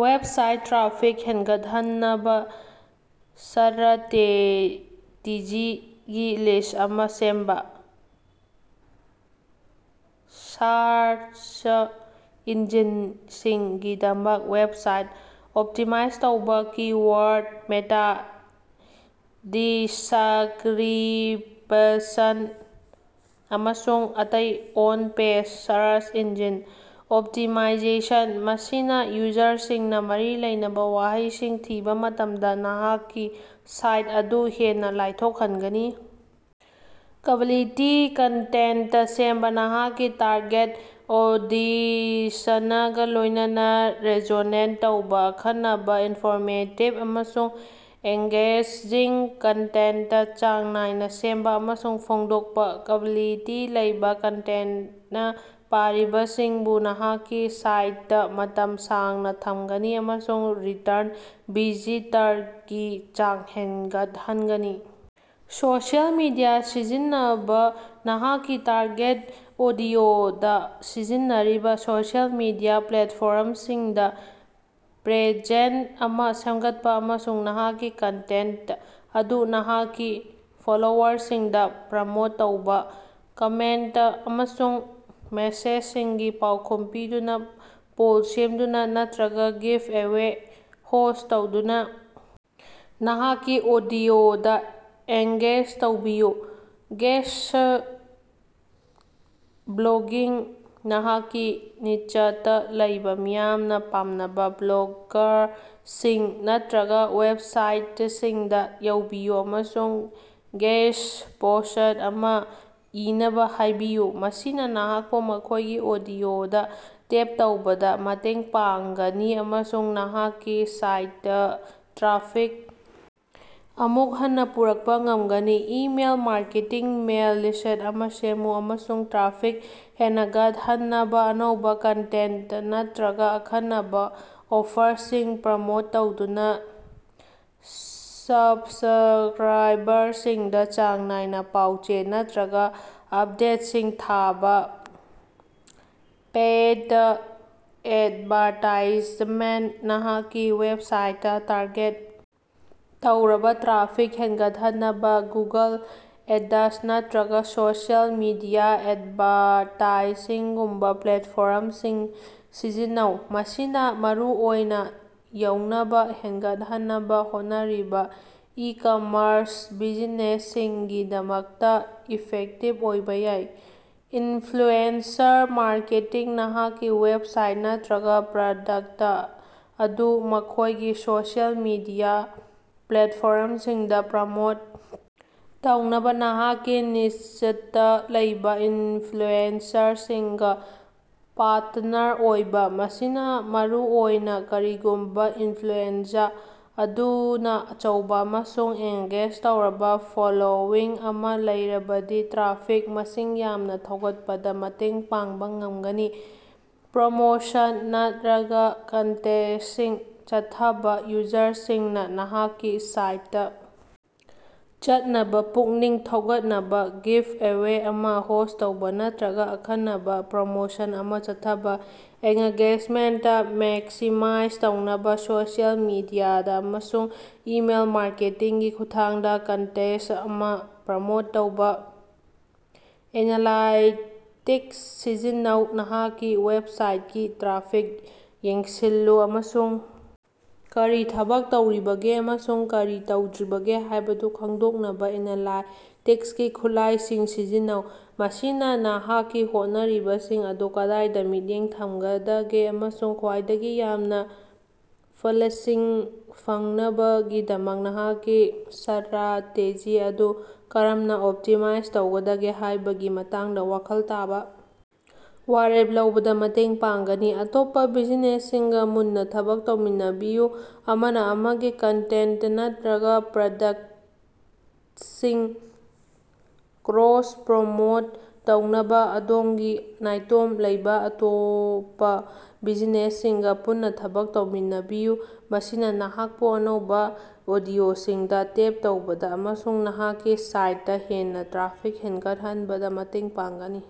Website traffic ꯍꯦꯟꯒꯠꯍꯟꯅꯕꯥ ꯁ꯭ꯠꯔꯥꯇꯦꯖꯤꯁꯤꯡꯒꯤ list ꯑꯃꯥ ꯁꯦꯝꯕꯥ꯫ ꯁꯥꯔꯆ ꯏꯟꯖꯤꯟꯁꯤꯡꯒꯤꯗꯃꯛ ꯋꯦꯕꯁꯥꯏꯠ ꯑꯣꯞꯇꯤꯃꯥꯏꯖ ꯇꯧꯕ ꯀꯤ-ꯋꯥꯔꯗ, ꯃꯦꯇꯥ-ꯗꯤꯁ꯭ꯛꯔꯤꯄꯁꯟ, ꯑꯃꯁꯨꯡ ꯑꯇꯩ on page search engine optimization ꯃꯁꯤꯅꯥ ꯌꯨꯖꯔꯁꯤꯡꯅꯥ ꯃꯔꯤ ꯂꯩꯅꯕꯥ ꯋꯥꯍꯩꯁꯤꯡ ꯊꯤꯕꯥ ꯃꯇꯝꯗꯥ ꯅꯍꯥꯛꯀꯤ ꯁꯥꯏꯠ ꯑꯗꯨ ꯍꯦꯟꯅꯥ ꯂꯥꯏꯊꯣꯛꯍꯟꯒꯅꯤ꯫ ꯀ꯭ꯕꯥꯂꯤꯇꯤ ꯀꯟꯇꯦꯟꯇ ꯁꯦꯝꯕ ꯅꯍꯥꯛꯀꯤ ꯇꯥꯔꯒꯦꯠ ꯑꯣꯗꯤꯁꯅꯒꯥ ꯂꯣꯏꯅꯅꯥ ꯔꯦꯖꯣꯅꯦꯠ ꯇꯧꯕ ꯑꯈꯟꯅꯕꯥ, ꯏꯟꯐꯣꯔꯃꯦꯇꯤꯚ, ꯑꯃꯁꯨꯡ ꯑꯦꯉ꯭ꯒꯦꯖꯤꯡ ꯀꯟꯇꯦꯟꯇ ꯆꯥꯡ ꯅꯥꯏꯅꯥ ꯁꯦꯝꯕ ꯑꯃꯁꯨꯡ ꯐꯣꯡꯗꯣꯛꯄꯥ꯫ ꯀ꯭ꯕꯥꯂꯤꯇꯤ ꯂꯩꯕ ꯀꯟꯇꯦꯟꯇꯅꯥ ꯄꯥꯔꯤꯕꯁꯤꯡꯕꯨ ꯅꯍꯥꯛꯀꯤ ꯁꯥꯏꯇꯇꯥ ꯃꯇꯝ ꯁꯥꯡꯅꯥ ꯊꯝꯒꯅꯤ ꯑꯃꯁꯨꯡ ꯔꯤꯇꯔꯟ ꯚꯤꯖꯤꯇꯔꯀꯤ ꯆꯥꯡ ꯍꯦꯟꯒꯠꯍꯟꯒꯅꯤ꯫ ꯁꯣꯁꯤꯑꯦꯜ ꯃꯤꯗꯤꯌꯥ ꯁꯤꯖꯤꯟꯅꯕꯥ ꯅꯍꯥꯛꯀꯤ ꯇꯥꯔꯒꯦꯠ ꯑꯣꯗꯤꯑꯣꯗꯥ ꯁꯤꯖꯤꯟꯅꯔꯤꯕꯥ ꯁꯣꯁꯤꯑꯦꯜ ꯃꯤꯗꯤꯌꯥ ꯄ꯭ꯂꯦꯇꯐꯣꯔꯝꯁꯤꯡꯗꯥ ꯄ꯭ꯔꯦꯖꯦꯟꯁ ꯑꯃꯥ ꯁꯦꯝꯒꯠꯄꯥ ꯑꯃꯁꯨꯡ ꯅꯍꯥꯛꯀꯤ ꯀꯟꯇꯦꯟꯇ ꯑꯗꯨ ꯅꯍꯥꯛꯀꯤ ꯐꯣꯂꯣꯋꯔꯁꯤꯡꯗꯥ ꯄ꯭ꯔꯃꯣꯠ ꯇꯧꯕ꯫ ꯀꯃꯦꯟꯇ ꯑꯃꯁꯨꯡ ꯃꯦꯁꯦꯖꯁꯤꯡꯒꯤ ꯄꯥꯎꯈꯨꯝ ꯄꯤꯗꯨꯅꯥ, ꯄꯣꯜ ꯁꯦꯝꯗꯨꯅꯥ ꯅꯠꯇ꯭ꯔꯒꯥ ꯒꯤꯐ ꯑꯦꯋꯦ ꯍꯣꯁ꯭ꯠ ꯇꯧꯗꯨꯅꯥ ꯅꯍꯥꯛꯀꯤ ꯑꯣꯗꯤꯑꯣꯗꯥ ꯑꯦꯡꯒꯦꯖ ꯇꯧꯕꯤꯌꯨ꯫ ꯒꯦꯁ꯭ꯠ ꯕ꯭ꯂꯣꯒꯤꯡ ꯅꯍꯥꯛꯀꯤ ꯅꯤꯆꯇꯥ ꯂꯩꯕꯥ ꯃꯤꯌꯥꯝꯅꯥ ꯄꯥꯝꯅꯕꯥ ꯕ꯭ꯂꯣꯒꯥꯔꯁꯤꯡ ꯅꯠꯇ꯭ꯔꯒꯥ ꯋꯦꯕꯁꯥꯏꯇꯁꯤꯡꯗꯥ ꯌꯧꯕꯤꯌꯨ ꯑꯃꯁꯨꯡ ꯒꯦꯁ꯭ꯠ ꯄꯣꯁ꯭ꯠ ꯑꯃꯥ ꯏꯅꯕꯥ ꯍꯥꯏꯕꯤꯌꯨ꯫ ꯃꯁꯤꯅꯥ ꯅꯍꯥꯛꯄꯨ ꯃꯈꯣꯏꯒꯤ ꯑꯣꯗꯤꯑꯣꯗꯥ ꯇꯦꯞ ꯇꯧꯕꯗꯥ ꯃꯇꯦꯡ ꯄꯥꯡꯒꯅꯤ ꯑꯃꯁꯨꯡ ꯅꯍꯥꯛꯀꯤ ꯁꯥꯏꯇꯇꯥ ꯇ꯭ꯔꯥꯐꯤꯛ ꯑꯃꯨꯛ ꯍꯟꯅꯥ ꯄꯨꯔꯛꯄꯥ ꯉꯝꯒꯅꯤ꯫ ꯏꯃꯦꯜ ꯃꯥꯔꯀꯦꯇꯤꯡ ꯃꯦꯜ ꯂꯤꯁ꯭ꯠ ꯑꯃꯥ ꯁꯦꯝꯃꯨ ꯑꯃꯁꯨꯡ ꯇ꯭ꯔꯥꯐꯤꯛ ꯍꯦꯅꯒꯠꯍꯟꯅꯕꯥ ꯑꯅꯧꯕꯥ ꯀꯟꯇꯦꯟꯇ ꯅꯠꯇ꯭ꯔꯒꯥ ꯑꯈꯟꯅꯕꯥ ꯑꯣꯐꯔꯁꯤꯡ ꯄ꯭ꯔꯃꯣꯠ ꯇꯧꯗꯨꯅꯥ ꯁꯕꯁ꯭ꯛꯔꯥꯏꯕꯔꯁꯤꯡꯗꯥ ꯆꯥꯡ ꯅꯥꯏꯅꯥ ꯄꯥꯎ ꯆꯦ ꯅꯠꯇ꯭ꯔꯒꯥ ꯑꯄꯗꯦꯠꯁꯤꯡ ꯊꯥꯕꯥ꯫ ꯄꯦꯏꯗ ꯑꯦꯗꯚꯥꯔꯇꯥꯏꯖꯃꯦꯟꯇ ꯅꯍꯥꯛꯀꯤ ꯋꯦꯕꯁꯥꯏꯇꯇꯥ ꯇꯥꯔꯒꯦꯠ ꯇꯧꯔꯕꯥ ꯇ꯭ꯔꯥꯐꯤꯛ ꯍꯦꯟꯒꯠꯍꯟꯅꯕꯥ ꯒꯨꯒꯜ ꯑꯦꯗꯁ ꯅꯠꯇ꯭ꯔꯒꯥ ꯁꯣꯁꯤꯑꯦꯜ ꯃꯤꯗꯤꯌꯥ ꯑꯦꯗꯚꯥꯔꯇꯥꯏꯁꯤꯡꯒꯨꯝꯕꯥ ꯄ꯭ꯂꯦꯇꯐꯣꯔꯝꯁꯤꯡ ꯁꯤꯖꯤꯟꯅꯧ꯫ ꯃꯁꯤꯅꯥ ꯃꯔꯨꯑꯣꯏꯅꯥ ꯌꯧꯅꯕꯥ ꯍꯦꯟꯒꯠꯍꯟꯅꯕꯥ ꯍꯣꯠꯅꯔꯤꯕꯥ ꯏꯀꯝꯃꯔꯁ ꯕꯤꯖꯤꯅꯦꯁꯁꯤꯡꯒꯤꯗꯃꯛꯇꯥ ꯏꯐꯦꯛꯇꯤꯚ ꯑꯣꯏꯕ ꯌꯥꯏ꯫ ꯏꯟꯐ꯭ꯂꯨꯑꯦꯟꯁꯔ ꯃꯥꯔꯀꯦꯇꯤꯡ ꯅꯍꯥꯛꯀꯤ ꯋꯦꯕꯁꯥꯏꯠ ꯅꯠꯇ꯭ꯔꯒꯥ ꯄ꯭ꯔꯗꯛꯇ ꯑꯗꯨ ꯃꯈꯣꯏꯒꯤ ꯁꯣꯁꯤꯑꯦꯜ ꯃꯤꯗꯤꯌꯥ ꯄ꯭ꯂꯦꯠꯐꯣꯔꯝꯁꯤꯡꯗꯥ ꯄ꯭ꯔꯃꯣꯠ ꯇꯧꯅꯕꯥ ꯅꯍꯥꯛꯀꯤ ꯅꯤꯆꯇꯥ ꯂꯩꯕꯥ ꯏꯟꯐ꯭ꯂꯨꯑꯦꯟꯁꯔꯁꯤꯡꯒꯥ ꯄꯥꯔꯇꯅꯔ ꯑꯣꯏꯕ꯫ ꯃꯁꯤꯅꯥ ꯃꯔꯨꯑꯣꯏꯅꯥ ꯀꯔꯤꯒꯨꯝꯕꯥ ꯏꯟꯐ꯭ꯂꯨꯑꯦꯟꯖꯥ ꯑꯗꯨꯅꯥ ꯑꯆꯧꯕꯥ ꯑꯃꯁꯨꯡ ꯑꯦꯉ꯭ꯒꯦꯖ ꯇꯧꯔꯕꯥ ꯐꯣꯂꯣꯋꯤꯡ ꯑꯃꯥ ꯂꯩꯔꯕꯗꯤ ꯇ꯭ꯔꯥꯐꯤꯛ ꯃꯁꯤꯡ ꯌꯥꯝꯅꯥ ꯊꯧꯒꯠꯄꯗꯥ ꯃꯇꯦꯡ ꯄꯥꯡꯕꯥ ꯉꯝꯒꯅꯤ꯫ ꯄ꯭ꯔꯣꯃꯣꯁꯟ ꯅꯠꯔꯒꯥ ꯀꯟꯇꯦꯁ꯭ꯇꯁꯤꯡ ꯆꯠꯊꯕꯥ ꯌꯨꯖꯔꯁꯤꯡꯅꯥ ꯅꯍꯥꯛꯀꯤ ꯁꯥꯏꯠꯇꯥ ꯆꯠꯅꯕꯥ ꯄꯨꯛꯅꯤꯡ ꯊꯧꯒꯠꯅꯕꯥ ꯒꯤꯐ ꯑꯦꯋꯦ ꯑꯃꯥ ꯍꯣꯁ꯭ꯠ ꯇꯧꯕ ꯅꯠꯇ꯭ꯔꯒꯥ ꯑꯈꯟꯅꯕꯥ ꯄ꯭ꯔꯣꯃꯣꯁꯟ ꯑꯃꯥ ꯆꯠꯊꯕꯥ꯫ ꯑꯦꯡꯒꯦꯖꯃꯦꯟꯇ ꯃꯦꯛꯁꯤꯃꯥꯏꯖ ꯇꯧꯅꯕꯥ ꯁꯣꯁꯤꯑꯦꯜ ꯃꯤꯗꯤꯌꯥꯗꯥ ꯑꯃꯁꯨꯡ ꯏꯃꯦꯜ ꯃꯥꯔꯀꯦꯇꯤꯡꯒꯤ ꯈꯨꯠꯊꯥꯡꯗꯥ ꯀꯟꯇꯦꯁ꯭ꯠ ꯑꯁꯤ ꯄ꯭ꯔꯃꯣꯠ ꯇꯧꯕꯥ꯫ ꯑꯦꯅꯥꯂꯥꯏꯇꯤꯛꯁ ꯁꯤꯖꯤꯟꯅꯧ ꯅꯍꯥꯛꯀꯤ ꯋꯦꯕꯁꯥꯏꯇꯀꯤ ꯇ꯭ꯔꯥꯐꯤꯛ ꯌꯦꯡꯁꯤꯜꯂꯨ ꯑꯃꯁꯨꯡ ꯀꯔꯤ ꯊꯕꯛ ꯇꯧꯔꯤꯕꯒꯦ ꯑꯃꯁꯨꯡ ꯀꯔꯤ ꯇꯧꯗ꯭ꯔꯤꯕꯒꯦ ꯍꯥꯏꯕꯗꯨ ꯈꯪꯗꯣꯛꯅꯕꯥ ꯑꯦꯅꯥꯂꯥꯏꯇꯤꯛꯁꯀꯤ ꯈꯨꯠꯂꯥꯏꯁꯤꯡ ꯁꯤꯖꯤꯟꯅꯧ꯫ ꯃꯁꯤꯅꯥ ꯅꯍꯥꯛꯀꯤ ꯍꯣꯠꯅꯔꯤꯕꯁꯤꯡ ꯑꯗꯨ ꯀꯗꯥꯏꯗꯥ ꯃꯤꯠꯌꯦꯡ ꯊꯝꯒꯗꯒꯦ ꯑꯃꯁꯨꯡ ꯈ꯭ꯋꯥꯏꯗꯒꯤ ꯌꯥꯝꯅꯥ ꯐꯂꯁꯤꯡ ꯐꯪꯅꯕꯒꯤꯗꯃꯛ ꯅꯍꯥꯛꯀꯤ ꯁ꯭ꯠꯔꯥꯇꯦꯖꯤ ꯑꯗꯨ ꯀꯔꯝꯅꯥ ꯑꯣꯞꯇꯤꯃꯥꯏꯖ ꯇꯧꯒꯗꯒꯦ ꯍꯥꯏꯕꯒꯤ ꯃꯇꯥꯡꯗꯥ ꯋꯥꯈꯜ ꯇꯥꯕ ꯋꯥꯔꯦꯞ ꯂꯧꯕꯗꯥ ꯃꯇꯦꯡ ꯄꯥꯡꯒꯅꯤ꯫ ꯑꯇꯣꯞꯄꯥ ꯕꯤꯖꯤꯅꯦꯁꯁꯤꯡꯒꯥ ꯄꯨꯟꯅꯥ ꯊꯕꯛ ꯇꯧꯃꯤꯟꯅꯕꯤꯌꯨ ꯑꯃꯅꯥ ꯑꯃꯒꯤ ꯀꯟꯇꯦꯟꯇ ꯅꯠꯔꯒꯥ ꯄ꯭ꯔꯗꯛꯇꯁꯤꯡ ꯀ꯭ꯔꯣꯁ ꯄ꯭ꯔꯣꯃꯣꯠ ꯇꯧꯅꯕꯥ ꯑꯗꯣꯝꯒꯤ ꯅꯥꯏꯇꯣꯝ ꯂꯩꯕ ꯑꯇꯣꯞꯄꯥ ꯕꯤꯖꯤꯅꯦꯁꯁꯤꯡꯒꯥ ꯄꯨꯟꯅꯥ ꯊꯕꯛ ꯇꯧꯃꯤꯟꯅꯕꯤꯌꯨ꯫ ꯃꯁꯤꯅꯥ ꯅꯍꯥꯛꯄꯨ ꯑꯅꯧꯕꯥ ꯑꯣꯗꯤꯑꯣꯁꯤꯡꯗꯥ ꯇꯦꯞ ꯇꯧꯕꯗꯥ ꯑꯃꯁꯨꯡ ꯅꯍꯥꯛꯀꯤ ꯁꯥꯏꯇꯇꯥ ꯍꯦꯟꯅꯥ ꯇ꯭ꯔꯥꯐꯤꯛ ꯍꯦꯟꯒꯠꯍꯟꯕꯗꯥ ꯃꯇꯦꯡ ꯄꯥꯡꯒꯅꯤ꯫